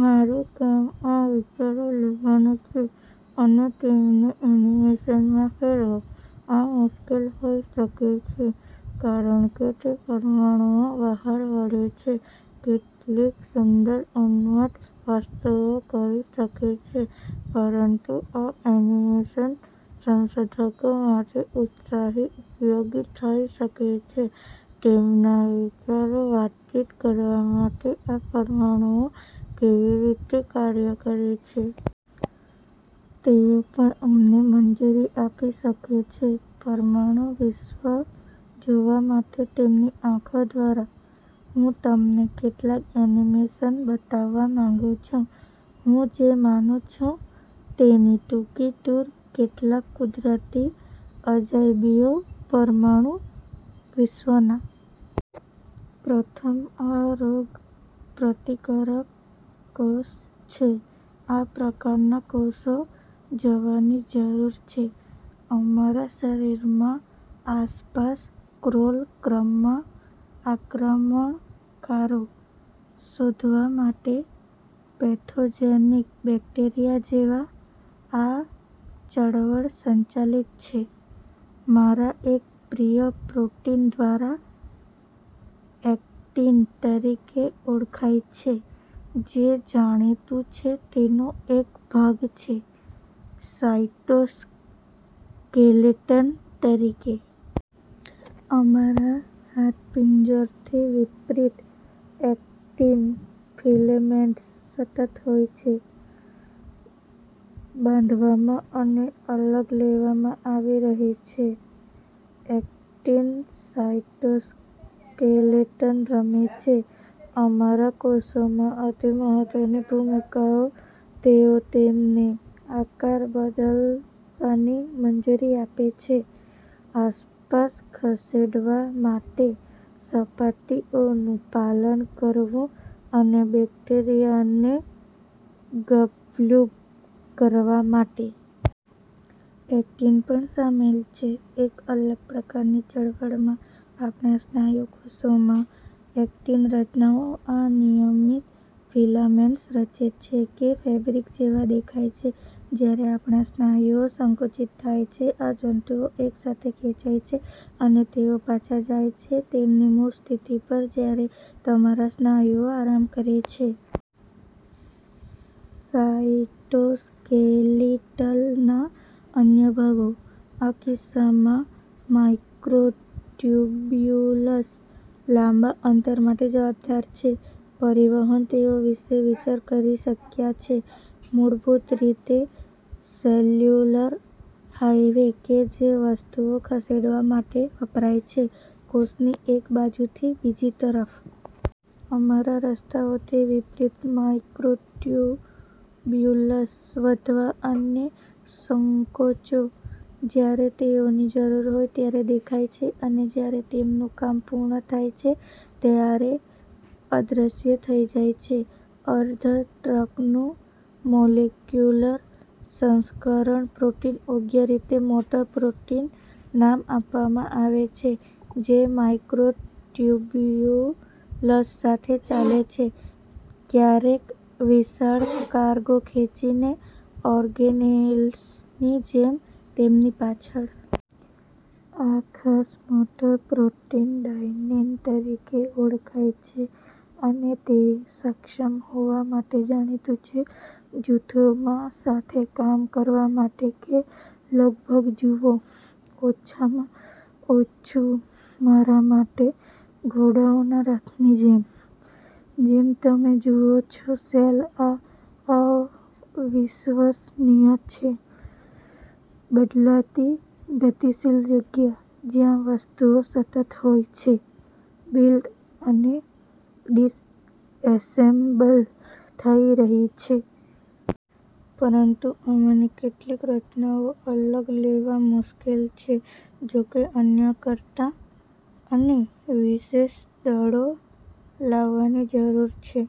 મારું કામ આ વિચારો લેવાનું છે અને તેમને એનિમેશનમાં ફેરવો. આ મુશ્કેલ હોઈ શકે છે, કારણ કે તે પરમાણુઓ બહાર વળે છે કેટલીક સુંદર ઉન્મત્ત વસ્તુઓ કરી શકે છે. પરંતુ આ એનિમેશન સંશોધકો માટે ઉત્સાહી ઉપયોગી થઈ શકે છે તેમના વિચારો વાતચીત કરવા માટે આ પરમાણુઓ કેવી રીતે કાર્ય કરે છે. તેઓ પણ અમને મંજૂરી આપી શકે છે પરમાણુ વિશ્વ જોવા માટે તેમની આંખો દ્વારા. હું તમને કેટલાક એનિમેશન બતાવવા માંગું છું, હું જે માનું છું તેની ટૂંકી ટૂર કેટલાક કુદરતી અજાયબીઓ પરમાણુ વિશ્વના. પ્રથમ, આ રોગપ્રતિકારક કોષ છે. આ પ્રકારના કોષો જવાની જરૂર છે અમારા શરીરમાં આસપાસ ક્રોલ ક્રમમાં આક્રમણકારો શોધવા માટે પેથોજેનિક બેક્ટેરિયા જેવા. આ ચળવળ સંચાલિત છે મારા એક પ્રિય પ્રોટીન દ્વારા એક્ટિન તરીકે ઓળખાય છે, જે જાણીતું છે તેનો એક ભાગ છે સાયટોસ્કેલેટન તરીકે. અમારા હાડપિંજરથી વિપરીત, એક્ટિન ફિલેમેન્ટ્સ સતત હોય છે બાંધવામાં અને અલગ લેવામાં આવી રહી છે. એક્ટિન સાયટોસ્કેલેટન રમે છે અમારા કોષોમાં અતિ મહત્વની ભૂમિકાઓ. તેઓ તેમને આકાર બદલવાની મંજૂરી આપે છે, આસપાસ ખસેડવા માટે, સપાટીઓનું પાલન કરવું અને બેક્ટેરિયાને ગબ્લૂબ કરવા માટે. એક્ટિન પણ સામેલ છે એક અલગ પ્રકારની ચળવળમાં. આપણા સ્નાયુ કોષોમાં, એક્ટિન રચનાઓ આ નિયમિત ફિલામેન્ટ્સ રચે છે કે ફેબ્રિક જેવા દેખાય છે. જ્યારે આપણા સ્નાયુઓ સંકુચિત થાય છે, આ જંતુઓ એક સાથે ખેંચાય છે અને તેઓ પાછા જાય છે તેમની મૂળ સ્થિતિ પર જ્યારે તમારા સ્નાયુઓ આરામ કરે છે. સાયટોસ્કેલિટલના અન્ય ભાગો, આ કિસ્સામાં માઇક્રોટ્યુબ્યુલસ, લાંબા અંતર માટે જવાબદાર છે પરિવહન તેઓ વિશે વિચાર કરી શક્યા છે મૂળભૂત રીતે સેલ્યુલર હાઇવે કે જે વસ્તુઓ ખસેડવા માટે વપરાય છે કોષની એક બાજુથી બીજી તરફ. અમારા રસ્તાઓથી વિપરીત, માઇક્રોટ્યુબ્યુલ્સ વધવા અને સંકોચો, જ્યારે તેઓની જરૂર હોય ત્યારે દેખાય છે અને જ્યારે તેમનું કામ પૂર્ણ થાય છે ત્યારે અદૃશ્ય થઈ જાય છે. અર્ધ ટ્રકનું મોલેક્યુલર સંસ્કરણ પ્રોટીન યોગ્ય રીતે મોટર પ્રોટીન નામ આપવામાં આવે છે, જે માઇક્રોટ્યુબ્યુલ્સ સાથે ચાલે છે, ક્યારેક વિશાળ કાર્ગો ખેંચીને, ઓર્ગેનેલ્સની જેમ, તેમની પાછળ. આ ખાસ મોટર પ્રોટીન ડાયનેન તરીકે ઓળખાય છે, અને તે સક્ષમ હોવા માટે જાણીતું છે જૂથોમાં સાથે કામ કરવા માટે કે લગભગ જુઓ, ઓછામાં ઓછું મારા માટે, ઘોડાઓના રથની જેમ. જેમ તમે જુઓ છો, સેલ આ અવિશ્વસનીય છે બદલાતી, ગતિશીલ જગ્યા, જ્યાં વસ્તુઓ સતત હોય છે બિલ્ટ અને ડિસએસેમ્બલ થઈ રહી છે. પરંતુ આમાંની કેટલીક રચનાઓ અલગ લેવા મુશ્કેલ છે જોકે, અન્ય કરતા. અને વિશેષ દળો લાવવાની જરૂર છે